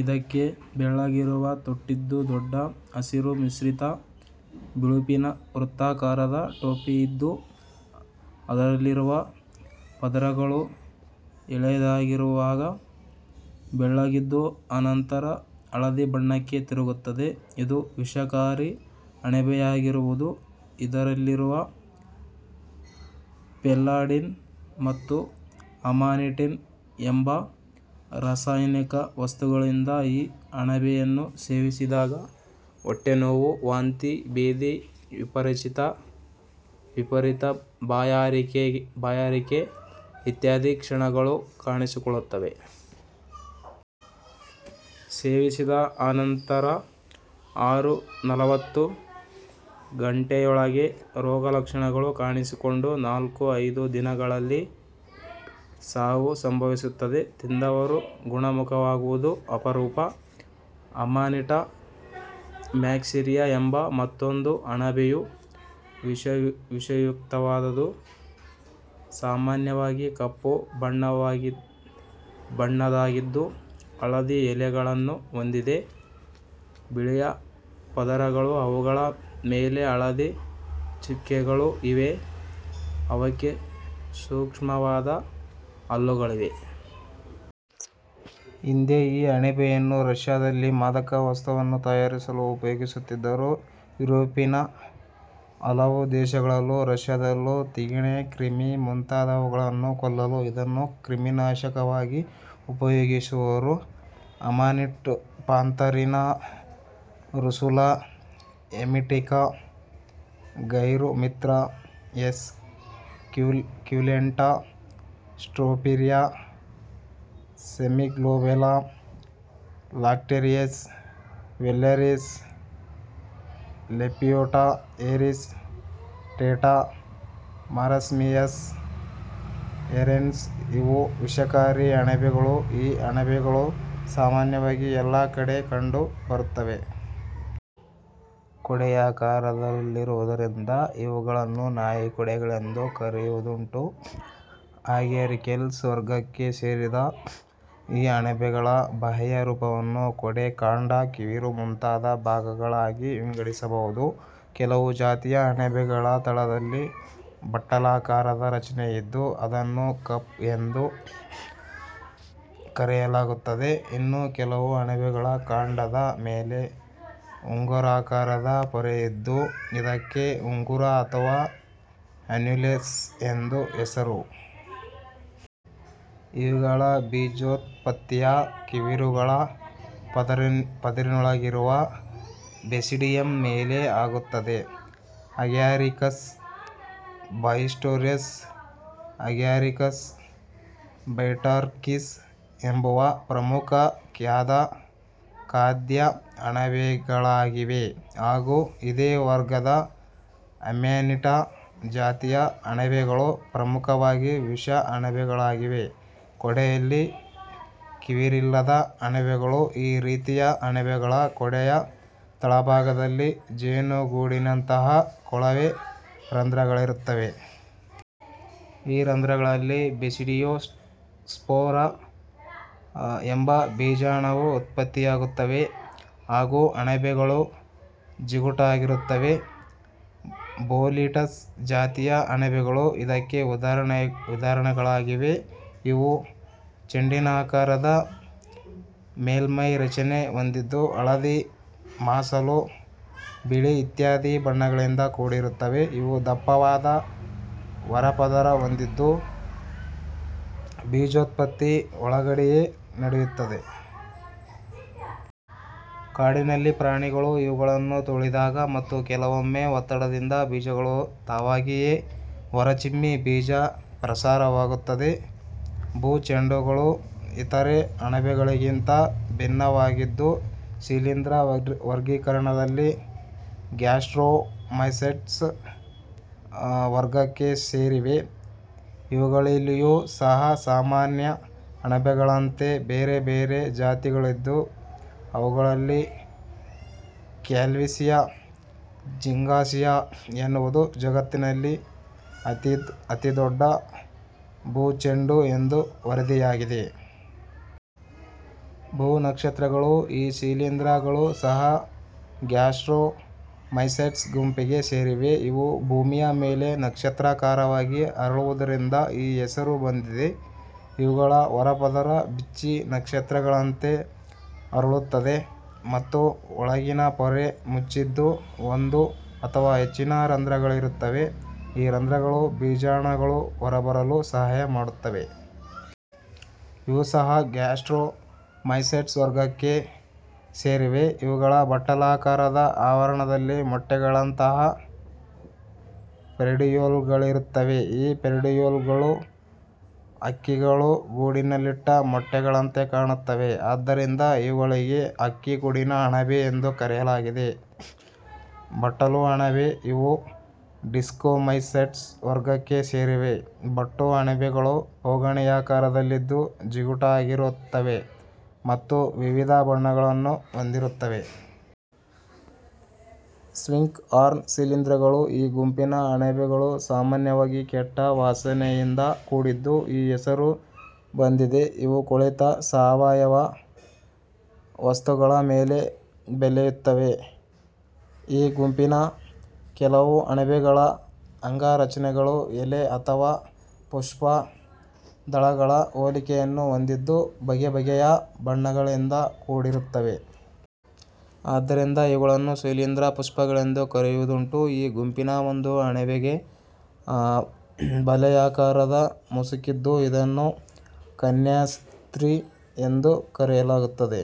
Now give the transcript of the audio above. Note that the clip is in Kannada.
ಇದಕ್ಕೆ ಬೆಳ್ಳಗಿರುವ ತೊಟ್ಟಿದ್ದು, ದೊಡ್ಡ ಹಸಿರು ಮಿಶ್ರಿತ ಬಿಳುಪಿನ ವೃತ್ತಾಕಾರದ ಟೋಪಿಯಿದ್ದು ಅದರಲ್ಲಿರುವ ಪದರಗಳು ಎಳೆಯದಾಗಿರುವಾಗ ಬೆಳ್ಳಗಿದ್ದು ಅನಂತರ ಹಳದಿ ಬಣ್ಣಕ್ಕೆ ತಿರುಗುತ್ತದೆ. ಇದು ವಿಷಕಾರಿ ಅಣಬೆಯಾಗಿರುವುದು ಇದರಲ್ಲಿರುವ ಫೆಲ್ಲಾಡಿನ್ ಮತ್ತು ಅಮಾನಿಟೀನ್ ಎಂಬ ರಾಸಾಯನಿಕ ವಸ್ತುಗಳಿಂದ. ಈ ಅಣಬೆಯನ್ನು ಸೇವಿಸಿದಾಗ ಹೊಟ್ಟೆನೋವು, ವಾಂತಿ, ಭೇದಿ, ವಿಪರೀತ ಬಾಯಾರಿಕೆ ಇತ್ಯಾದಿ ಲಕ್ಷಣಗಳು ಕಾಣಿಸಿಕೊಳ್ಳುತ್ತವೆ. ಸೇವಿಸಿದ ಅನಂತರ ಅರು -ನಲವತ್ತು ಗಂಟೆಯೊಳಗೆ ರೋಗಲಕ್ಷಣಗಳು ಕಾಣಿಸಿಕೊಂಡು ನಾಲ್ಕು -ಐದು ದಿನಗಳಲ್ಲಿ ಸಾವು ಸಂಭವಿಸುತ್ತದೆ. ತಿಂದವರು ಗುಣಮುಖವಾಗುವುದು ಅಪರೂಪ. ಅಮಾನಿಟ ಮ್ಯಾಕ್ಸೆರಿಯಾ ಎಂಬ ಮತ್ತೊಂದು ಅಣಬೆಯೂ ವಿಷಯುಕ್ತವಾದದು. ಸಾಮಾನ್ಯವಾಗಿ ಕಪ್ಪು ಬಣ್ಣದ್ದಾಗಿದ್ದು, ಹಳದಿ ಎಲೆಗಳನ್ನು ಹೊಂದಿದೆ. ಬಿಳಿಯ ಪದರಗಳೂ ಅವುಗಳ ಮೇಲೆ ಹಳದಿ ಚುಕ್ಕೆಗಳೂ ಇವೆ; ಅವಕ್ಕೆ ಸೂಕ್ಷ್ಮವಾದ ಹಲ್ಲುಗಳಿವೆ. ಹಿಂದೆ ಈ ಅಣಬೆಯನ್ನು ರಷ್ಯದಲ್ಲಿ ಮಾದಕ ವಸ್ತುವನ್ನು ತಯಾರಿಸಲು ಉಪಯೋಗಿಸುತ್ತಿದ್ದರು. ಯೂರೋಪಿನ ಹಲವು ದೇಶಗಳಲ್ಲೂ ರಷ್ಯದಲ್ಲೂ ತಿಗಣೆ, ಕ್ರಿಮಿ ಮುಂತಾದುವುಗಳನ್ನು ಕೊಲ್ಲಲು ಇದನ್ನು ಕ್ರಿಮಿನಾಶಕವಾಗಿ ಉಪಯೋಗಿಸುವರು. Amanita pantherina, Russula emetica, Gyromitra esculenta, Stropharia semiglobata, Lactarius vellereus, Lepiota cristata, Marasmius ಯರೆನ್ಸ್-ಇವು ವಿಷಕಾರಿ ಅಣಬೆಗಳು. ಈ ಅಣಬೆಗಳು ಸಾಮಾನ್ಯವಾಗಿ ಎಲ್ಲಾ ಕಡೆ ಕಂಡು ಬರುತ್ತವೆ. ಕೊಡೆಯಾಕಾರದಲ್ಲಿರುವುದರಿಂದ ಇವುಗಳನ್ನು ನಾಯಿಕೊಡೆಗಳೆಂದು ಕರೆಯುವುದುಂಟು. ಅಗ್ಯಾರಿಕೇಲ್ಸ್ ವರ್ಗಕ್ಕೆ ಸೇರಿದ ಈ ಅಣಬೆಗಳ ಬಾಹ್ಯರೂಪವನ್ನು ಕೊಡೆ, ಕಾಂಡ, ಕಿವಿರು ಮುಂತಾದ ಭಾಗಗಳಾಗಿ ವಿಂಗಡಿಸಬಹುದು. ಕೆಲವು ಜಾತಿಯ ಅಣಬೆಗಳ ತಳದಲ್ಲಿ ಬಟ್ಟಲಾಕಾರದ ರಚನೆಯಿದ್ದು ಅದನ್ನು ಕಪ್ ಎಂದು ಕರೆಯಲಾಗುತ್ತದೆ. ಇನ್ನು ಕೆಲವು ಅಣಬೆಗಳ ಕಾಂಡದ ಮೇಲೆ ಉಂಗುರಾಕಾರದ ಪೊರೆಯಿದ್ದು ಇದಕ್ಕೆ ಉಂಗುರ ಅಥವಾ ಅನ್ಯುಲಸ್ ಎಂದು ಹೆಸರು. ಇವುಗಳ ಬೀಜೋತ್ಪತ್ತಿಯ ಕಿವಿರುಗಳ ಪದರಿನೊಳಗಿರುವ ಬೆಸಿಡಿಯಂ ಮೇಲೆ ಆಗುತ್ತದೆ. ಅಗ್ಯಾರಿಕಸ್ ಬೈಸ್ಟೋರಸ್, ಅಗ್ಯಾರಿಕಸ್ ಬೈಟಾರ್ಕಿಸ್ ಎಂಬುವು ಪ್ರಮುಖ ಖಾದ್ಯ ಅಣಬೆಗಳಾಗಿವೆ. ಹಾಗೂ ಇದೇ ವರ್ಗದ ಅಮ್ಯಾನಿಟಾ ಜಾತಿಯ ಅಣಬೆಗಳು ಪ್ರಮುಖವಾಗಿ ವಿಷ ಅಣಬೆಗಳಾಗಿವೆ. ಕೊಡೆಯಲ್ಲಿ ಕಿವಿರಿಲ್ಲದ ಅಣಬೆಗಳು: ಈ ರೀತಿಯ ಅಣಬೆಗಳ ಕೊಡೆಯ ತಳಭಾಗದಲ್ಲಿ ಜೇನುಗೂಡಿನಂತಹ ಕೊಳವೆ ರಂಧ್ರಗಳಿರುತ್ತವೆ. ಈ ರಂಧ್ರಗಳಲ್ಲಿ ಬೆಸಿಡಿಯೋ ಸ್ಪೋರ್ ಎಂಬ ಬೀಜಾಣುವು ಉತ್ಪತ್ತಿಯಾಗುತ್ತವೆ ಹಾಗೂ ಅಣಬೆಗಳು ಜಿಗುಟಾಗಿರುತ್ತವೆ. ಬೋಲಿಟಸ್ ಜಾತಿಯ ಅಣಬೆಗಳು ಇದಕ್ಕೆ ಉದಾಹರಣೆಗಳಾಗಿವೆ. ಇವು ಚೆಂಡಿನಾಕಾರದ ಮೇಲ್ಮೈ ರಚನೆ ಹೊಂದಿದ್ದು, ಹಳದಿ, ಮಾಸಲು ಬಿಳಿ ಇತ್ಯಾದಿ ಬಣ್ಣಗಳಿಂದ ಕೂಡಿರುತ್ತವೆ. ಇವು ದಪ್ಪವಾದ ಹೊರಪದರ ಹೊಂದಿದ್ದು, ಬೀಜೋತ್ಪತ್ತಿ ಒಳಗಡೆಯೇ ನಡೆಯುತ್ತದೆ. ಕಾಡಿನಲ್ಲಿ ಪ್ರಾಣಿಗಳು ಇವುಗಳನ್ನು ತುಳಿದಾಗ ಮತ್ತು ಕೆಲವೊಮ್ಮೆ ಒತ್ತಡದಿಂದ ಬೀಜಗಳು ತಾವಾಗಿಯೇ ಹೊರಚಿಮ್ಮಿ ಬೀಜ ಪ್ರಸಾರವಾಗುತ್ತದೆ. ಭೂ ಚೆಂಡುಗಳು ಇತರೆ ಅಣಬೆಗಳಿಗಿಂತ ಭಿನ್ನವಾಗಿದ್ದು, ಶಿಲೀಂಧ್ರ ವರ್ಗೀಕರಣದಲ್ಲಿ ಗ್ಯಾಸ್ಟ್ರೊಮೈಸೆಟ್ಸ್ ವರ್ಗಕ್ಕೆ ಸೇರಿವೆ. ಇವುಗಳಲ್ಲಿಯೂ ಸಹ ಸಾಮಾನ್ಯ ಅಣಬೆಗಳಂತೆ ಬೇರೆ ಬೇರೆ ಜಾತಿಗಳಿದ್ದು, ಅವುಗಳಲ್ಲಿ ಕ್ಯಾಲ್ವೇಸಿಯಾ ಜಿಂಗಾಂಸಿಯಾ ಎನ್ನುವುದು ಜಗತ್ತಿನಲ್ಲಿ ಅತಿದೊಡ್ಡ ಭೂಚೆಂಡು ಎಂದು ವರದಿಯಾಗಿದೆ. ಭೂ ನಕ್ಷತ್ರಗಳು: ಈ ಶಿಲೀಂಧ್ರಗಳು ಸಹ ಗ್ಯಾಸ್ಟ್ರೋ ಮೈಸೆಟ್ಸ್ ಗುಂಪಿಗೆ ಸೇರಿವೆ. ಇವು ಭೂಮಿಯ ಮೇಲೆ ನಕ್ಷತ್ರಾಕಾರವಾಗಿ ಅರಳುವುದರಿಂದ ಈ ಹೆಸರು ಬಂದಿದೆ. ಇವುಗಳ ಹೊರಪದರ ಬಿಚ್ಚಿ ನಕ್ಷತ್ರಗಳಂತೆ ಅರಳುತ್ತದೆ ಮತ್ತು ಒಳಗಿನ ಪೊರೆ ಮುಚ್ಚಿದ್ದು ಒಂದು ಅಥವಾ ಹೆಚ್ಚಿನ ರಂಧ್ರಗಳಿರುತ್ತವೆ. ಈ ರಂಧ್ರಗಳು ಬೀಜಾಣುಗಳು ಹೊರಬರಲು ಸಹಾಯ ಮಾಡುತ್ತವೆ. ಇವು ಸಹ ಗ್ಯಾಸ್ಟ್ರೋ ಮೈಸೆಟ್ಸ್ ವರ್ಗಕ್ಕೆ ಸೇರಿವೆ. ಇವುಗಳ ಬಟ್ಟಲಾಕಾರದ ಆವರಣದಲ್ಲಿ ಮೊಟ್ಟೆಗಳಂತಹ ಪೆರಿಡಿಯೋಲ್ಗಳಿರುತ್ತವೆ. ಈ ಪೆರಿಡಿಯೋಲ್ಗಳು ಹಕ್ಕಿಗಳು ಗೂಡಿನಲ್ಲಿಟ್ಟ ಮೊಟ್ಟೆಗಳಂತೆ ಕಾಣುತ್ತವೆ. ಆದ್ದರಿಂದ ಇವುಗಳಿಗೆ ಹಕ್ಕಿ ಗೂಡಿನ ಅಣಬೆ ಎಂದು ಕರೆಯಲಾಗಿದೆ. ಬಟ್ಟಲು ಅಣಬೆ: ಇವು ಡಿಸ್ಕೋಮೈಸೆಟ್ಸ್ ವರ್ಗಕ್ಕೆ ಸೇರಿವೆ. ಬಟ್ಟು ಅಣಬೆಗಳು ಬೋಗುಣಿಯಾಕಾರದಲ್ಲಿದ್ದು, ಜಿಗುಟಾಗಿರುತ್ತವೆ ಮತ್ತು ವಿವಿಧ ಬಣ್ಣಗಳನ್ನು ಹೊಂದಿರುತ್ತವೆ. ಸ್ವಿಂಕ್ ಹಾರ್ನ್ ಶಿಲೀಂಧ್ರಗಳು: ಈ ಗುಂಪಿನ ಅಣಬೆಗಳು ಸಾಮಾನ್ಯವಾಗಿ ಕೆಟ್ಟ ವಾಸನೆಯಿಂದ ಕೂಡಿದ್ದು, ಈ ಹೆಸರು ಬಂದಿದೆ. ಇವು ಕೊಳೆತ ಸಾವಯವ ವಸ್ತುಗಳ ಮೇಲೆ ಬೆಲೆಯುತ್ತವೆ. ಈ ಗುಂಪಿನ ಕೆಲವು ಅಣಬೆಗಳ ಅಂಗ ರಚನೆಗಳು ಎಲೆ ಅಥವಾ ಪುಷ್ಪ ದಳಗಳ ಹೋಲಿಕೆಯನ್ನು ಹೊಂದಿದ್ದು, ಬಗೆ ಬಗೆಯ ಬಣ್ಣಗಳಿಂದ ಕೂಡಿರುತ್ತವೆ. ಆದ್ದರಿಂದ ಇವುಗಳನ್ನು ಶಿಲೀಂಧ್ರ ಪುಷ್ಪಗಳೆಂದು ಕರೆಯುವುದುಂಟು. ಈ ಗುಂಪಿನ ಒಂದು ಅಣಬೆಗೆ ಬಲೆಯಾಕಾರದ ಮುಸುಕಿದ್ದು ಇದನ್ನು ಕನ್ಯಾಸ್ತ್ರಿ ಎಂದು ಕರೆಯಲಾಗುತ್ತದೆ.